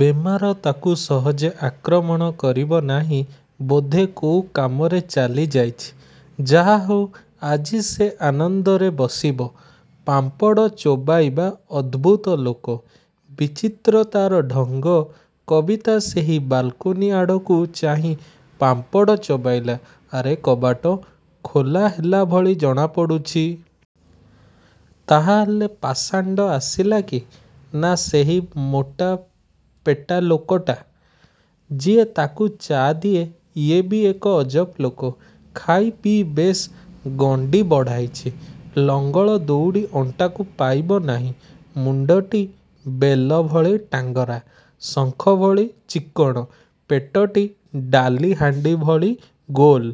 ବେମାର ତା'କୁ ସହଜେ ଆକ୍ରମଣ କରିବ ନାହିଁ। ବୋଧେ କୋଉ କାମରେ ଚାଲିଯାଇଛି। ଯାହାହେଉ ଆଜି ସେ ଆନନ୍ଦରେ ବସିବ। ପାମ୍ପଡ଼ ଚୋବାଇବ। ଅଦ୍ଭୁତ ଲୋକ। ବିଚିତ୍ର ତା'ର ଢଙ୍ଗ, କବିତା ସେହି ବାଲକୋନି ଆଡ଼କୁ ଚାହିଁ ପାମ୍ପଡ଼ ଚୋବାଇଲା। ଆରେ, କବାଟ ଖୋଲା ହେଲାଭଳି ଜଣାପଡ଼ୁଛି। ତାହାହେଲେ ପାଷାଣ୍ଡ ଆସିଲା କି? ନାଁ, ସେହି ମୋଟା ପେଟାଲୋକଟା। ଯିଏ ତା'କୁ ଚା' ଦିଏ। ଇଏ ବି ଏକ ଅଜବ ଲୋକ। ଖାଇପିଇ ବେଶ୍ ଗଣ୍ଡି ବଢ଼ାଇଛି। ଲଙ୍ଗଳ ଦଉଡ଼ି ଅଣ୍ଟାକୁ ପାଇବ ନାହିଁ। ମୁଣ୍ଡଟି ବେଲଭଳି ଟାଙ୍ଗରା। ଶଙ୍ଖଭଳି ଚିକ୍କଣ। ପେଟଟି ଡାଲି ହାଣ୍ଡି ଭଳି ଗୋଲ।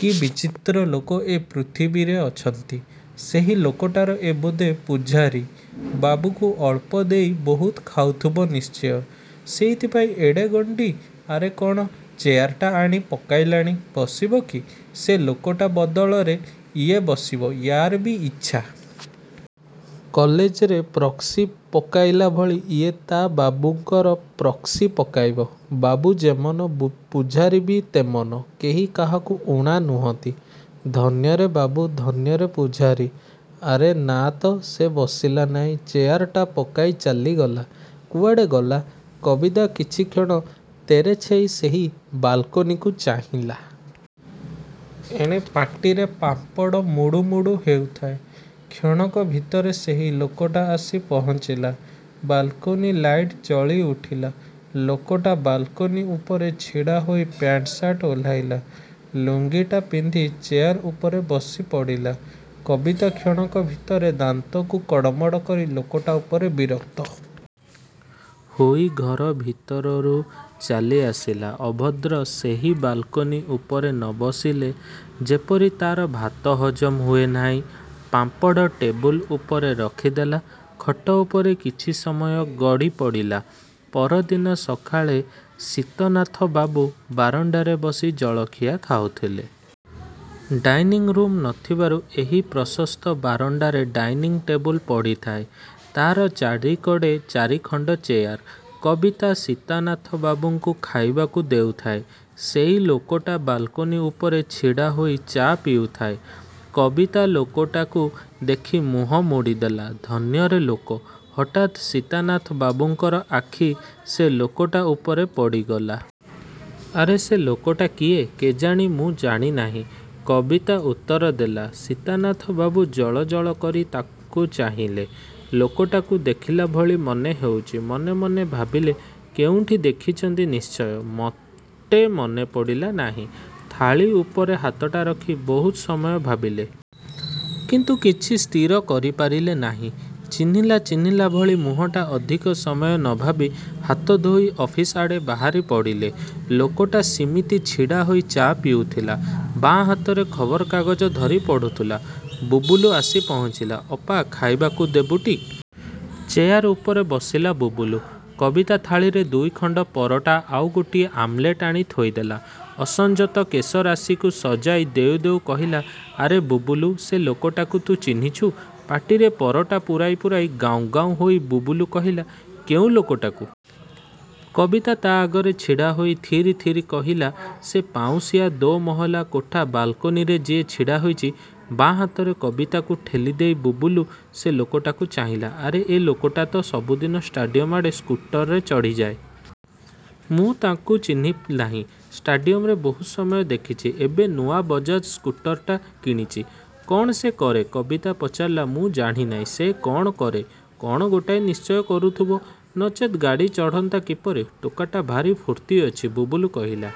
କି ବିଚିତ୍ର ଲୋକ ଏ ପୃଥିବୀରେ ଅଛନ୍ତି? ସେହି ଲୋକଟାର ଏ ବୋଧେ ପୁଝାରୀ। ବାବୁକୁ ଅଳ୍ପଦେଇ ବହୁତ ଖାଉଥିବ ନିଶ୍ଚୟ। ସେଇଥିପାଇଁ ଏଡ଼େ ଗଣ୍ଡି। ଆରେ କ'ଣ ଚେୟାରଟା ଆଣି ପକାଇଲାଣି। ବସିବ କି? ସେ ଲୋକଟା ବଦଳରେ ଇଏ ବସିବ। ୟାର ବି ଇଚ୍ଛା। କଲେଜରେ ପ୍ରକ୍ସି ପକାଇଲା ଭଳି ଇଏ ତା' ବାବୁଙ୍କର ପ୍ରକ୍ସି ପକାଇବ। ବାବୁ ଯେମନ, ପୁଝାରୀ ବି ତେମନ। କେହି କାହାକୁ ଊଣା ନୁହନ୍ତି। ଧନ୍ୟରେ ବାବୁ! ଧନ୍ୟରେ ପୂଝାରୀ! ଆରେ–ନା ତ ସେ ବସିଲା ନାହିଁ। ଚେୟାରଟା ପକାଇ ଚାଲିଗଲା। କୁଆଡ଼େ ଗଲା? କବିତା କିଛିକ୍ଷଣ ତେରେଛେଇ ସେହି ବାଲକୋନିକୁ ଚାହିଁଲା। ଏଣେ ପାଟିରେ ପାମ୍ପଡ଼ ମୁଡ଼ୁମୁଡ଼ୁ ହେଉଥାଏ। କ୍ଷଣକ ଭିତରେ ସେହି ଲୋକଟା ଆସି ପହଞ୍ଚିଲା। ବାଲକୋନି ଲାଇଟ୍ ଜଳି ଉଠିଲା। ଲୋକଟା ବାଲକୋନି ଉପରେ ଛିଡ଼ାହୋଇ ପ୍ୟାଣ୍ଟ୍ ସାଟ୍ ଓହ୍ଲାଇଲା। ଲୁଙ୍ଗିଟା ପିନ୍ଧି ଚେୟାର ଉପରେ ବସିପଡ଼ିଲା। କବିତା କ୍ଷଣକ ଭିତରେ ଦାନ୍ତକୁ କଡ଼ମଡ଼ କରି ଲୋକଟା ଉପରେ ବିରକ୍ତ। ହୋଇ ଘର ଭିତରରୁ ଚାଲି ଆସିଲା। ଅଭଦ୍ର, ସେହି ବାଲକୋନି ଉପରେ ନ ବସିଲେ ଯେପରି ତା'ର ଭାତ ହଜମ ହୁଏ ନାହିଁ। ପାମ୍ପଡ଼ ଟେବୁଲ ଉପରେ ରଖିଦେଲା। ଖଟ ଉପରେ କିଛି ସମୟ ଗଡ଼ିପଡ଼ିଲା। ପରଦିନ ସକାଳେ ସୀତନାଥବାବୁ ବାରଣ୍ଡାରେ ବସି ଜଳଖିଆ ଖାଉଥିଲେ। ଡାଇନିଙ୍ଗ୍ ରୁମ୍ ନ ଥିବାରୁ ଏହି ପ୍ରଶସ୍ତ ବାରଣ୍ଡାରେ ଡାଇନିଙ୍ଗ୍ ଟେବୁଲ ପଡ଼ିଥାଏ। ତା'ର ଚାରିକଡ଼େ ଚାରିଖଣ୍ଡ ଚେୟାର। କବିତା ସୀତାନାଥବାବୁଙ୍କୁ ଖାଇବାକୁ ଦେଉଥାଏ। ସେଇ ଲୋକଟା ବାଲକୋନି ଉପରେ ଛିଡ଼ାହୋଇ ଚା' ପିଉଥାଏ। କବିତା ଲୋକଟାକୁ ଦେଖି ମୁହଁ ମୋଡ଼ିଦେଲା। ଧନ୍ୟରେ ଲୋକ। ହଠାତ୍ ସୀତାନାଥବାବୁଙ୍କର ଆଖି ସେ ଲୋକଟା ଉପରେ ପଡ଼ିଗଲା। ଆରେ ସେ ଲୋକଟା କିଏ? କେଜାଣି ମୁଁ ଜାଣିନାହିଁ, କବିତା ଉତ୍ତର ଦେଲା। ସୀତାନାଥବାବୁ ଜଳ ଜଳ କରି ତାଙ୍କୁ ଚାହିଁଲେ। ଲୋକଟାକୁ ଦେଖିଲା ଭଳି ମନେହେଉଛି। ମନେ ମନେ ଭାବିଲେ କେଉଁଠି ଦେଖିଛନ୍ତି ନିଶ୍ଚୟ। ମୋଟେ ମନେ ପଡ଼ିଲା ନାହିଁ। ଥାଳି ଉପରେ ହାତଟା ରଖି ବହୁତ ସମୟ ଭାବିଲେ। କିନ୍ତୁ କିଛି ସ୍ଥିର କରିପାରିଲେ ନାହିଁ। ଚିହ୍ନିଲା ଚିହ୍ନିଲା ଭଳି ମୁହଁଟା ଅଧିକ ସମୟ ନ ଭାବି ହାତଧୋଇ ଅଫିସଆଡ଼େ ବାହାରି ପଡ଼ିଲେ। ଲୋକଟା ସିମିତି ଛିଡ଼ାହୋଇ ଚା' ପିଉଥିଲା। ବାଆଁ ହାତରେ ଖବରକାଗଜ ଧରି ପଢ଼ୁଥିଲା। ବୁବୁଲୁ ଆସି ପହଞ୍ଚିଲା। ଅପା, ଖାଇବାକୁ ଦେବୁଟି। ଚେୟାର ଉପରେ ବସିଲା ବୁବୁଲୁ। କବିତା ଥାଳିରେ ଦୁଇଖଣ୍ଡ ପରଟା ଆଉ ଗୋଟିଏ ଆମଲେଟ ଆଣି ଥୋଇଦେଲା। ଅସଞ୍ଜତ କେଶରାଶିକୁ ସଜାଇ ଦେଉ ଦେଉ କହିଲା, ଆରେ ବୁବୁଲୁ ସେ ଲୋକଟାକୁ ତୁ ଚିହ୍ନିଚୁ? ପାଟିରେ ପରଟା ପୂରାଇ ପୂରାଇ ଗାଉଁ ଗାଉଁ ହୋଇ ବୁବୁଲୁ କହିଲା, କେଉଁ ଲୋକଟାକୁ? କବିତା ତା' ଆଗରେ ଛିଡ଼ା ହୋଇ ଥିରି ଥିରି କହିଲା, ସେ ପାଉଁଶିଆ ଦୋ'ମହଲା କୋଠା ବାଲକୋନିରେ ଯିଏ ଛିଡ଼ା ହୋଇଛି। ବାଆଁ ହାତରେ କବିତାକୁ ଠେଲିଦେଇ ବୁବୁଲୁ ସେ ଲୋକଟାକୁ ଚାହିଁଲା। ଆରେ! ଏ ଲୋକଟା ତ ସବୁଦିନେ ଷ୍ଟାଡ଼ିୟମ ଆଡ଼େ ସ୍କୁଟରରେ ଚଢ଼ିଯାଏ। ମୁଁ ତା'କୁ ଚିହ୍ନିନାହିଁ। ଷ୍ଟାଡ଼ିୟମରେ ବହୁତ ସମୟ ଦେଖିଛି। ଏବେ ନୂଆ ବଜାଜ ସ୍କୁଟରଟା କିଣିଛି। କ'ଣ ସେ କରେ, କବିତା ପଚାରିଲା? ମୁଁ ଜାଣିନାହିଁ। ସେ କ'ଣ କରେ। କ'ଣ ଗୋଟାଏ ନିଶ୍ଚୟ କରୁଥିବ ନଚେତ୍ ଗାଡ଼ି ଚଢ଼ନ୍ତା କିପରି? ଟୋକାଟା ଭାରି ଫୁର୍ତ୍ତି ଅଛି, ବୁବୁଲୁ କହିଲା।